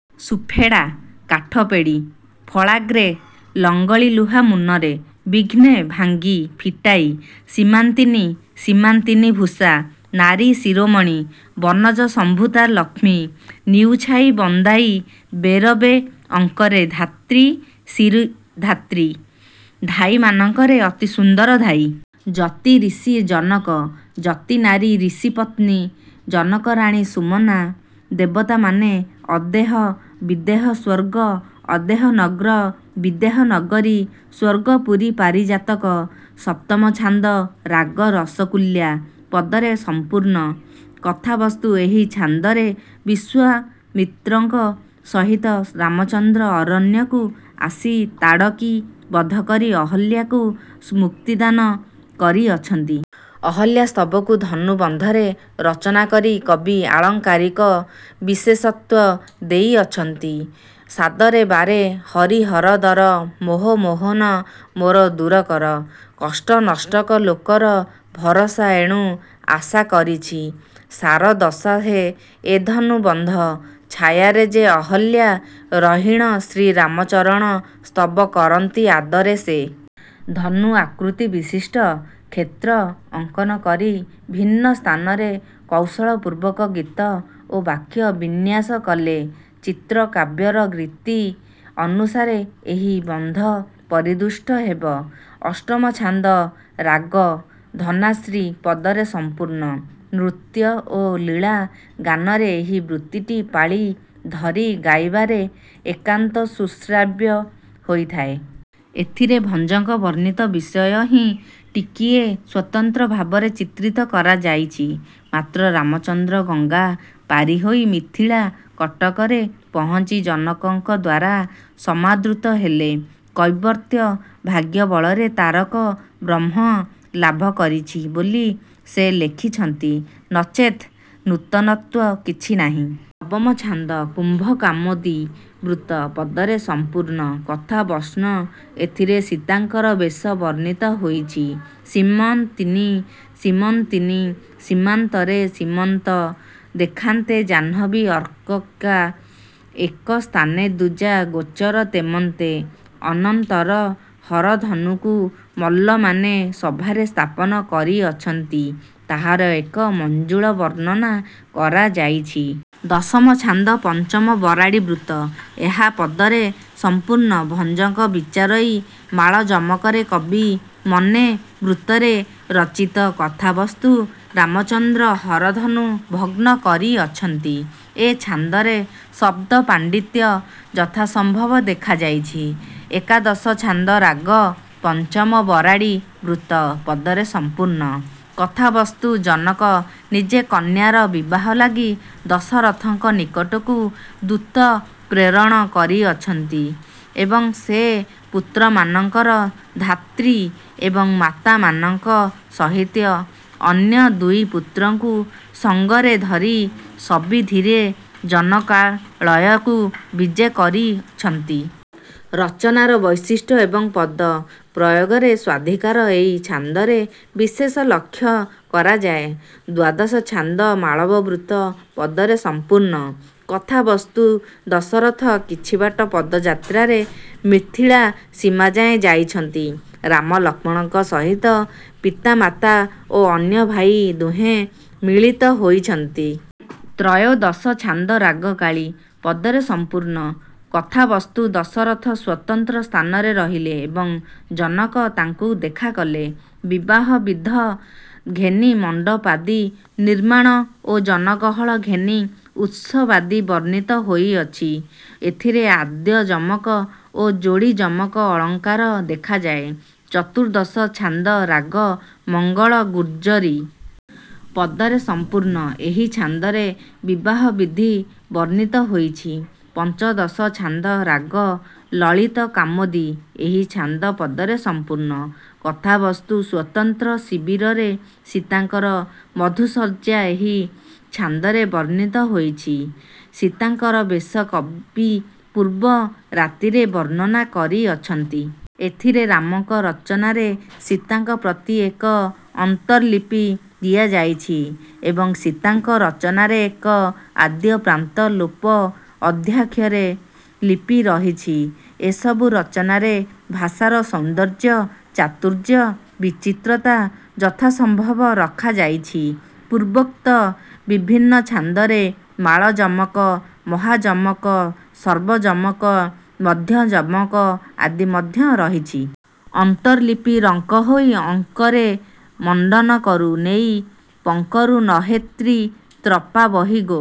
ସୁଫେଡ଼ା − କାଠପେଡ଼ି। ଫଳାଗ୍ରେ - ଲଙ୍ଗଳିଲୁହା ମୁନରେ। ବିଘ୍ନେ - ଭାଙ୍ଗି, ଫିଟାଇ। ସୀମନ୍ତିନୀ - ସୀମନ୍ତିନୀ ଭୂଷା - ନାରୀ ଶିରୋମଣି। ବନଜସମ୍ଭୂତା - ଲକ୍ଷ୍ମୀ। ନିଉଛାଇ - ବନ୍ଦାଇ। ବେରବେ - ଅଙ୍କରେ। ଧାତ୍ରୀ ଶିରୀଧାତ୍ରୀ - ଧାଈମାନଙ୍କରେ ଅତି ସୁନ୍ଦରୀ ଧାଈ। ଯତି - ଋଷି, ଜନକ। ଯତିନାରୀ - ଋଷିପତ୍ନୀ, ଜନକରାଣୀ ସୁମନା - ଦେବତାମାନେ। ଅଦେହ - ବିଦେହ ସ୍ୱର୍ଗ। ଅଦେହ ନଗ୍ର - ବିଦେହ ନଗରୀ, ସ୍ୱର୍ଗପୁରୀ, ପାରିଜାତକ। ସପ୍ତମ ଛାନ୍ଦ-ରାଗ ରସକୂଲ୍ୟା, ପଦରେ ସମ୍ପୂର୍ଣ୍ଣ। କଥାବସ୍ତୁ-ଏହି ଛାନ୍ଦରେ ବିଶ୍ୱାମିତ୍ରଙ୍କ ସହିତ ରାମଚନ୍ଦ୍ର ଅରଣ୍ୟକୁ ଆସି ତାଡ଼କୀ ବଧକରି ଅହଲ୍ୟାକୁ ମୁକ୍ତିଦାନ କରିଅଛନ୍ତି। ଅହଲ୍ୟାସ୍ତବକୁ ଧନୁବନ୍ଧରେ ରଚନା କରି କବି ଆଳଙ୍କାରିକ ବିଶେଷତ୍ୱ ଦେଇଅଛନ୍ତି। ସାଦରେ ବାରେ ହରିହର ଦର ମୋହ ମୋହନ ମୋର ଦୂରକର କଷ୍ଟ ନଷ୍ଟକ ଲୋକର ଭରସା ଏଣୁ ଆଶା କରିଛି ସାରଦଶା ହେ ଏ ଧନୁ ବନ୍ଧ ଛାୟାରେ ଯେ ଅହଲ୍ୟା ରହିଣ ଶ୍ରୀରାମଚରଣ ସ୍ତବ କରନ୍ତି ଆଦରେ ସେ। ଧନୁ ଆକୃତିବିଶିଷ୍ଟ କ୍ଷେତ୍ର ଅଙ୍କନ କରି ଭିନ୍ନ ସ୍ଥାନରେ କୌଶଳପୂର୍ବକ ଗୀତ ଓ ବାକ୍ୟ ବିନ୍ୟାସ କଲେ ଚିତ୍ରକାବ୍ୟର ରୀତି ଅନୁସାରେ ଏହି ବନ୍ଧ ପରିଦୃଷ୍ଟ ହେବ। ଅଷ୍ଟମ ଛାନ୍ଦ-ରାଗ ଧନାଶ୍ରୀ। ପଦରେ ସମ୍ପୂର୍ଣ୍ଣ। ନୃତ୍ୟ ଓ ଲୀଳା ଗାନରେ ଏହି ବୃତ୍ତଟି ପାଳି ଧରି ଗାଇବାରେ ଏକାନ୍ତ ସୁଶ୍ରାବ୍ୟ ହୋଇଥାଏ। ଏଥିରେ ଭଞ୍ଜଙ୍କ ବର୍ଣ୍ଣିତ ବିଷୟ ହିଁ ଟିକିଏ ସ୍ୱତନ୍ତ୍ର ଭାବରେ ଚିତ୍ରିତ କରାଯାଇଛି ମାତ୍ର। ରାମଚନ୍ଦ୍ର ଗଙ୍ଗା ପାରି ହୋଇ ମିଥିଳା କଟକରେ ପହଞ୍ଚି ଜନକଙ୍କଦ୍ୱାରା ସମାଦୃତ ହେଲେ। କୈବର୍ତ୍ତ ଭାଗ୍ୟବଳରେ ତାରକ ବ୍ରହ୍ମ ଲାଭ କରିଛି ବୋଲି ସେ ଲେଖିଛନ୍ତି। ନଚେତ୍ ନୂତନତ୍ୱ କିଛି ନାହିଁ। ନବମ ଛାନ୍ଦ-କୁମ୍ଭ କାମୋଦି ବୃତ୍ତ। ପଦରେ ସମ୍ପୂର୍ଣ୍ଣ। କଥାବସ୍ଣ- ଏଥିରେ ସୀତାଙ୍କର ବେଶ ବର୍ଣ୍ଣିତ ହୋଇଛି। ସୀମନ୍ତିନୀ-ସୀମନ୍ତିନୀ ସୀମାନ୍ତରେ ସୀମନ୍ତ ଦେଖାନ୍ତେ ଜାହ୍ନବୀ ଅର୍କକା ଏକ ସ୍ଥାନେ ଦୁଜା ଗୋଚର ତେମନ୍ତେ। ଅନନ୍ତର ହରଧନୁକୂ ମଲ୍ଲମାନେ ସଭାରେ ସ୍ଥାପନ କରିଅଛନ୍ତି। ତାହାର ଏକ ମଞ୍ଜୁଳ ବର୍ଣ୍ଣନା କରାଯାଇଛି। ଦଶମ ଛାନ୍ଦ-ପଞ୍ଚମ ବରାଡି ବୃତ୍ତ। ଏହା ପଦରେ ସଂପୂର୍ଣ୍ଣ। ଭଞ୍ଜଙ୍କ ''ବିଚାରଇ ମାଳ ଯମକରେ କବି ମନେ" ବୃତ୍ତରେ ରଚିତ। କଥାବସ୍ତୁ-ରାମଚନ୍ଦ୍ର ହରଧନୁ ଭଗ୍ନ କରିଅଛନ୍ତି। ଏ ଛାନ୍ଦରେ ଶବ୍ଦ-ପାଣ୍ଡିତ୍ୟ ଯଥାସମ୍ଭବ ଦେଖାଯାଇଛି। ଏକାଦଶ ଛାନ୍ଦ-ରାଗ ପଞ୍ଚମ ବରାଡ଼ି ବୃତ୍ତ। ପଦରେ ସଂପୂର୍ଣ୍ଣ-। କଥାବସ୍ତୁ-ଜନକ ନିଜ କନ୍ୟାର ବିବାହ ଲାଗି ଦଶରଥଙ୍କ ନିକଟକୁ ଦୂତ ପ୍ରେରଣ କରିଅଛନ୍ତି ଏବଂ ସେ ପୁତ୍ରମାନଙ୍କର ଧାତ୍ରୀ ଏବଂ ମାତାମାନଙ୍କ ସହିତ ଅନ୍ୟ ଦୁଇ ପୁତ୍ରଙ୍କୁ ସଙ୍ଗରେ ଧରି ସବିଧିରେ ଜନକାଳୟକୁ ବିଜେ କରିଛନ୍ତି। ରଚନାର ବୈଶିଷ୍ଟ୍ୟ ଏବଂ ପଦ ପ୍ରୟୋଗରେ ସ୍ୱାଧିକାର ଏଇ ଛାନ୍ଦରେ ବିଶେଷ ଲକ୍ଷ୍ୟ କରାଯାଏ। ଦ୍ୱାଦଶ ଛାନ୍ଦ - ମାଳବ ବୃତ୍ତ। ପଦରେ ସଂପୂର୍ଣ୍ଣ। କଥାବସ୍ତୁ - ଦଶରଥ କିଛିବାଟ ପଦଯାତ୍ରାରେ ମିଥିଳା ସୀମାଯାଏଁ ଯାଇଛନ୍ତି। ରାମ ଲକ୍ଷ୍ମଣଙ୍କ ସହିତ ପିତାମାତା ଓ ଅନ୍ୟ ଭାଇ ଦୁହେଁ ମିଳିତ ହୋଇଛନ୍ତି। ତ୍ରୟୋଦଶ ଛାନ୍ଦ-ରାଗ କାଳୀ। ପଦରେ ସଂପୂର୍ଣ୍ଣ। କଥାବସ୍ତୁ - ଦଶରଥ ସ୍ୱତନ୍ତ୍ର ସ୍ଥାନରେ ରହିଲେ ଏବଂ ଜନକ ତାଙ୍କୁ ଦେଖାକଲେ। ବିବାହବିଧ ଘେନି ମଣ୍ଡପାଦି ନିର୍ମ୍ମାଣ ଓ ଜନଗହଳ ଘେନି ଉତ୍ସବାଦି ବର୍ଣ୍ଣିତ ହୋଇଅଛି। ଏଥିରେ ଆଦ୍ୟଯମକ ଓ ଯୋଡ଼ିଯମକ ଅଳଙ୍କାର ଦେଖାଯାଏ। ଚତୁର୍ଦ୍ଦଶ ଛାନ୍ଦ - ରାଗ ମଙ୍ଗଳଗୁର୍ଜ୍ଜରୀ। ପଦରେ ସଂପୂର୍ଣ୍ଣ। ଏହି ଛାନ୍ଦରେ ବିବାହବିଧି ବର୍ଣ୍ଣିତ ହୋଇଛି। ପଞ୍ଚଦଶ ଛାନ୍ଦ - ରାଗ ଲଳିତ କାମୋଦି। ଏହି ଛାନ୍ଦ ପଦରେ ସଂପୂର୍ଣ୍ଣ। କଥାବସ୍ତୁ - ସ୍ୱତନ୍ତ୍ର ଶିବିରରେ ସୀତାଙ୍କର ମଧୁଶଯ୍ୟା ଏହି ଛାନ୍ଦରେ ବର୍ଣ୍ଣିତ ହୋଇଛି। ସୀତାଙ୍କର ବେଶ କବି ପୂର୍ବ ରାତିରେ ବର୍ଣ୍ଣନା କରିଅଛନ୍ତି। ଏଥିରେ ରାମଙ୍କ ରଚନାରେ ସୀତାଙ୍କ ପ୍ରତି ଏକ ଅନ୍ତର୍ଲିପି ଦିଆଯାଇଛି ଏବଂ ସୀତାଙ୍କ ରଚନାରେ ଏକ ଆଦ୍ୟପ୍ରାନ୍ତ ଲୋପ ମଧ୍ୟାକ୍ଷର ଲିପି ରହିଛି। ଏସବୁ ରଚନାରେ ଭାଷାର ସୌନ୍ଦର୍ଯ୍ୟ, ଚାତୁର୍ଯ୍ୟ, ବିଚିତ୍ରତା ଯଥାସମ୍ଭବ ରଖାଯାଇଛି-। ପୂର୍ବୋକ୍ତ ବିଭିନ୍ନ ଛାନ୍ଦରେ ମାଳଯମକ, ମହାଯମକ, ସର୍ବଯମକ, ମଧ୍ୟଯମକ ଆଦି ମଧ୍ୟ ରହିଛି। ଅନ୍ତର୍ଲିପି - ରଙ୍କ ହୋଇ ଅଙ୍କରେ ମଣ୍ଡନ କରୁ ନେଇ ପଙ୍କରୁହନେତ୍ରୀ ତ୍ରପା ବହି ଗୋ।